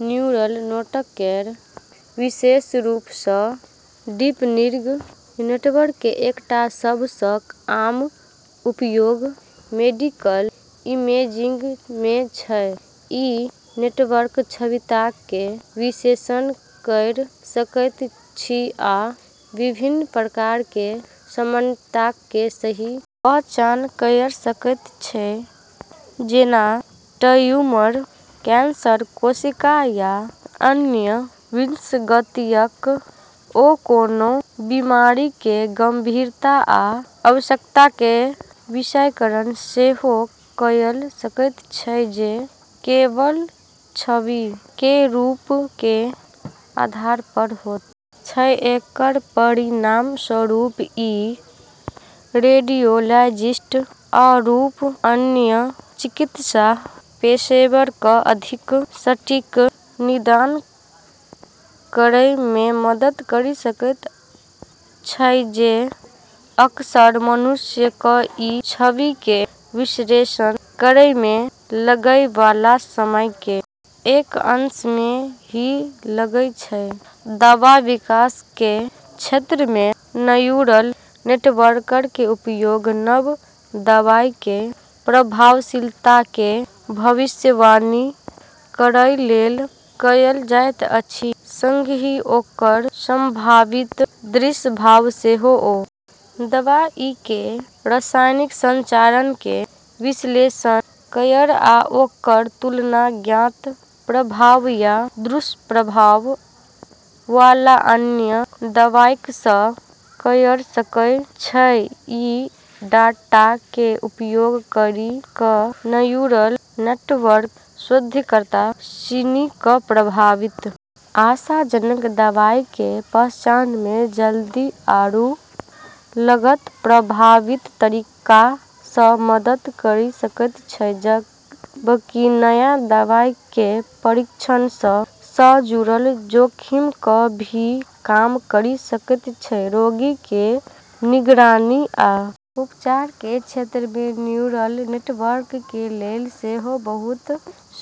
Neural network विशेष रूप सं डीप लर्निंग नेटवर्क कें एकटा सब सं आम उपयोग मेडिकल इमेजिंग मे छै, ई नेटवर्क छविक कें विश्लेषण कयर सकय छै आ विभिन्न प्रकार कें असामान्यताक कें सही पहचान कयर सकय छै जेना ट्यूमर, कैंसर कोशिका या अन्य विसंगतियक ओ कोनों बीमारी कें गंभीरता या अवस्था कें वर्गीकरण सेहो कयर सकय छै जे केवल छवि कें रूप कें आधार पर होयत छै, एकरऽ परिणामस्वरूप ई रेडियोलॉजिस्ट आरू अन्य चिकित्सा पेशेवरऽ कं अधिक सटीक निदान करै मे मदद करी सकै छै जे अक्सर मनुष्य क ई छवि के विश्लेषण करै मे लगै वाला समय के एक अंश मे ही लगै छै, दवा विकास के क्षेत्र में न्यूरल नेटवर्क के उपयोग नव दवाई के प्रभावशीलता के भविष्यवाणी करय लेल कयल जाइत अछि संगहि ओकर संभावित दुष्प्रभाव के सेहो ओ दवाई कें रासायनिक संरचना कें विश्लेषण कयर आ ओकर तुलना ज्ञात प्रभाव या दुष्प्रभाव वाला अन्य दवाइयक सं कयर सकय छै, ई डाटा के उपयोग करी क न्यूरल नेटवर्क शोधकर्ता सिनी क संभावित आशाजनक दवाई के पहचान मे जल्दी आरू लागत प्रभावी तरीका स मदद करी सकै छै, जबकि नया दवाई के परीक्षण स जुड़लऽ जोखिम क॑ भी कम करी सकै छै, रोगी कें निगरानी आ उपचार कें क्षेत्र मे न्यूरल नेटवर्क कें लेल सेहो बहुत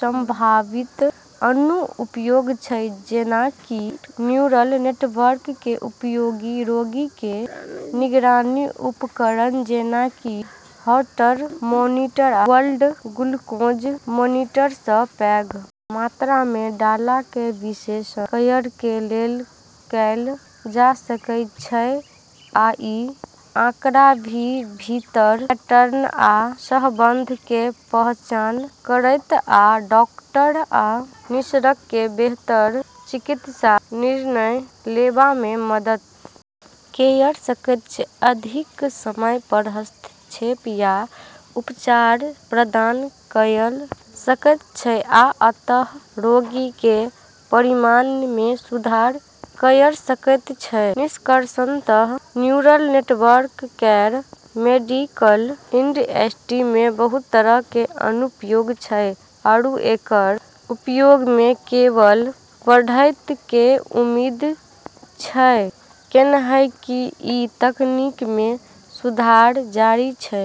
संभावित अनुप्रयोग छै जेना कि न्यूरल नेटवर्क कें उपयोग रोगी कें निगरानी उपकरणक जेना कि हार्ट मॉनिटर आ ब्लड ग्लूकोज मॉनिटर सं पैघ मात्रा मे डाटा कें विश्लेषण करय कें लेल कैल जा सकय छै, अइ आंकड़ा कें भीतर पैटर्न आ सहसंबंध कें पहचान करयत ओ डॉक्टर आ नर्सक कें बेहतर चिकित्सा निर्णय लेवा मे मदद कयर सकय छै, अधिक समय पर हस्तक्षेप या उपचार प्रदान कयर सकय छै आ अंततः रोगी कें परिणाम मे सुधार कयर सकय छै, निष्कर्षतः न्यूरल नेटवर्क केरऽ मेडिकल इंडस्ट्री मे बहुत तरह के अनुप्रयोग छै आरू एकरऽ उपयोग मे केवल बढ़ै के उम्मीद छै, कैन्हेंकि ई तकनीक मे सुधार जारी छै।